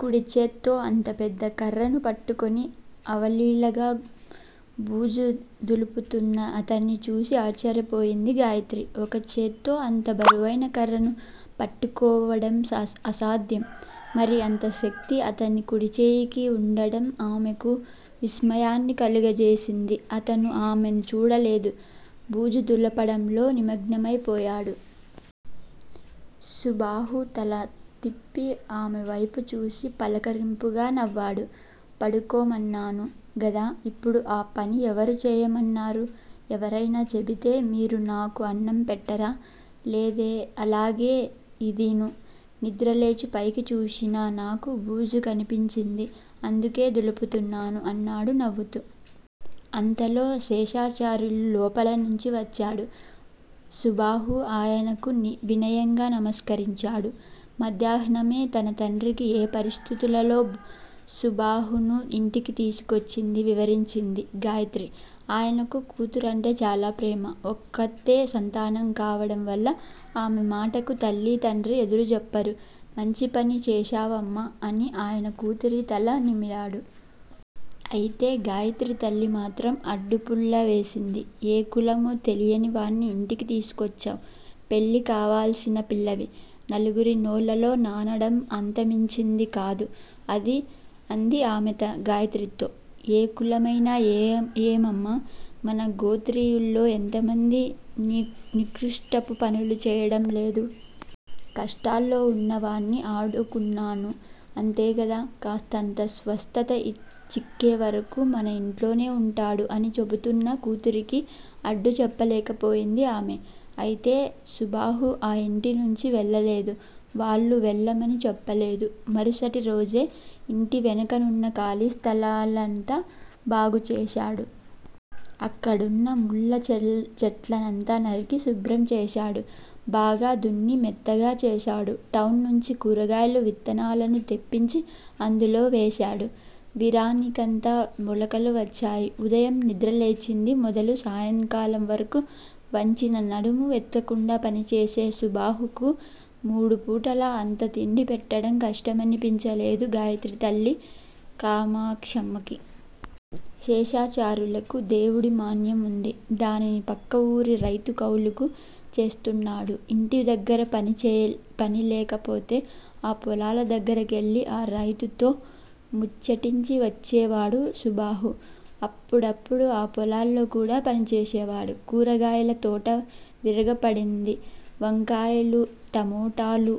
కుడిచేత్తో అంత పెద్ద కర్రను పట్టుకుని అవలీలగా బూజు దులుపుతున్న అతన్ని చూసి ఆశ్చర్యపోయింది గాయిత్రి. ఒకచేత్తో అంత బరువైన కర్రను పట్టుకోవడం అసాధ్యం. మరి అంత శక్తి అతని కుడిచేయికి వుండడం ఆమెకు విస్మయాన్ని కలుగజేసింది. అతను ఆమెను చూడలేదు. బూజు దులపడంలో నిమగ్నమై పోయాడు. సుబాహు! తల తిప్పి ఆమెవైపు చూసి, పలకరింపుగా నవ్వాడు. పడుకోమన్నాను గదా! ఇప్పుడు ఆ పని ఎవరు చేయమన్నారు? ఎవరైనా చెబితే మీరు నాకు అన్నం పెట్టారా! లేదే. అలాగే ఇదీను. నిద్ర లేచి పైకి చూసిన నాకు బూజు కనిపించింది. అందుకే దులుపుతున్నాను అన్నాడు నవ్వుతూ. అంతలో శేషాచార్యులు లోపల నుంచి వచ్చాడు. సుబాహు ఆయనకు వినయంగా నమస్కరించాడు. మధ్యాహ్నమే తన తండ్రికి ఏ పరిస్థితులలో సుబాహును ఇంటికి తీసుకొచ్చిందీ వివరించింది గాయత్రి. ఆయనకు కూతురంటే చాలా ప్రేమ. ఒక్కత్తే సంతానం కావడం వల్ల ఆమె మాటకు తల్లీ, తండ్రీ ఎదురుజెప్పరు. మంచిపని చేశావమ్మా అని ఆయన కూతురి తల నిమిరాడు. అయితే గాయత్రి తల్లి మాత్రం అడ్డు పుల్ల వేసింది. ఏ కులమో తెలియనివాడ్ని ఇంటికి తీసుకొచ్చావ్. పెళ్ళి కావలసిన పిల్లవి. నలుగురి నోళ్ళల్లో నానడం అంతమంచిది కాదు అంది ఆమె గాయత్రితో. ఏ కులమైతే ఏమమ్మా. మన గోత్రీయుల్లో ఎంతమంది నికృష్టపు పనులు చేయడం లేదు. కష్టాల్లో వున్న వాడ్ని ఆడుకున్నాను. అంతేకదా. కాస్తంత స్వస్థత చిక్కేవరకు మన ఇంట్లోనే వుంటాడు అని చెబుతున్న కూతురికి అడ్డు చెప్పలేకపోయింది ఆమె. అయితే సుబాహు ఆ ఇంటి నుంచి వెళ్ళలేదు. వాళ్ళూ వెళ్ళమని చెప్పలేదు. మరుసటి రోజే ఇంటి వెనుకనున్న ఖాళీ స్థలాన్నంతా బాగుచేశాడు. అక్కడున్న ముళ్ళ చెట్లనంతా నరికి శుభ్రం చేశాడు. బాగా దున్ని మెత్తగా చేశాడు. టౌన్ నుంచి కూరగాయల విత్తనాలను తెప్పించి అందులో వేశాడు. విరానికంతా మొలకలు వచ్చాయి. ఉదయం నిద్రలేచింది మొదలు సాయంకాలం వరకు వంచిన నడుము ఎత్తకుండా పనిచేసే సుబాహుకు మూడు పూటలా అంత తిండి పెట్టడం కష్టమనిపించలేదు గాయత్రి తల్లి కామాక్షమ్మకు. శేషాచార్యులకు దేవుడి మాన్యం వుంది. దానిని పక్క ఊరి రైతు కౌలుకు చేస్తున్నాడు ఇంటి దగ్గరపని లేకపోతే ఆ పొలాల దగ్గరికెళ్ళి ఆ రైతుతో ముచ్చటించి వచ్చేవాడు సుబాహు. అప్పుడప్పుడూ ఆ పొలాల్లో కూడా పనిచేసేవాడు. కూరగాయల తోట విరగపండింది. వంకాయలు, టమేటాళు,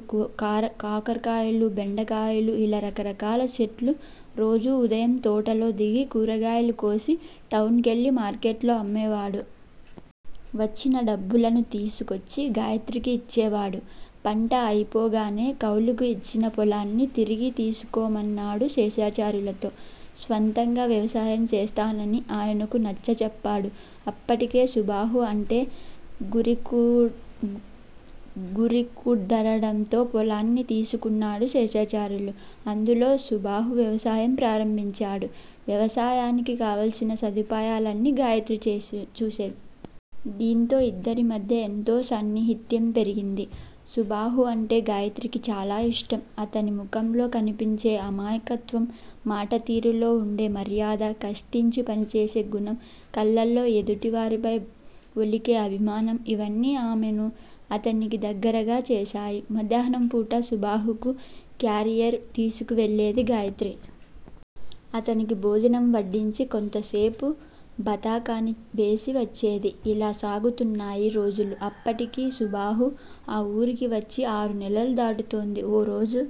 కాకరకాయలు, బెండకాయలు ఇలా రకరకాల చెట్లు, రోజూ ఉదయం తోటలో దిగి కూరగాయలు కోసి, టౌన్ కెళ్ళి మార్కెట్లో అమ్మేవాడు. వచ్చిన డబ్బులను తీసుకొచ్చి గాయత్రికి ఇచ్చేవాడు. పంట అయిపోగానే కౌలుకు ఇచ్చిన పొలాన్ని తిరిగి తీసుకోమన్నాడు శేషాచార్యులతో. స్వంతంగా వ్యవసాయం చేస్తానని ఆయనకు నచ్చచెప్పాడు. అప్పటికే సుబాహు అంటే గురికుదరడంతో పొలాన్ని తీసుకున్నాడు శేషాచార్యులు. అందులో సుబాహు వ్యవసాయం ప్రారంభించాడు. వ్యవసాయానికి కావాల్సిన సదుపాయాలన్నీ గాయత్రి చూసేది. దీంతో ఇద్దరి మధ్య ఎంతో సాన్నిహిత్యం పెరిగింది. సుబాహు అంటే గాయత్రికి చాలా ఇష్టం. అతని ముఖంలో కనిపించే అమాయకత్వం, మాట తీరులో వుండే మర్యాద, కష్టించి పనిచేసే గుణం, కళ్ళల్లో ఎదుటివారిపై ఒలికే అభిమానం- ఇవన్నీ ఆమెను అతనికి దగ్గిరగా చేశాయి. మధ్యాహ్నం పూట సుబాహుకు క్యారియర్ తీసుకు వెళ్ళేది గాయత్రి. అతనికి భోజనం వడ్డించి, కొంతసేపు బాతాకానీ వేసి వచ్చేది. ఇలా సాగుతున్నాయి రోజులు. అప్పటికి సుబాహు ఆ వూరికి వచ్చి ఆరు నెలలు దాటుతోంది. ఓ రోజు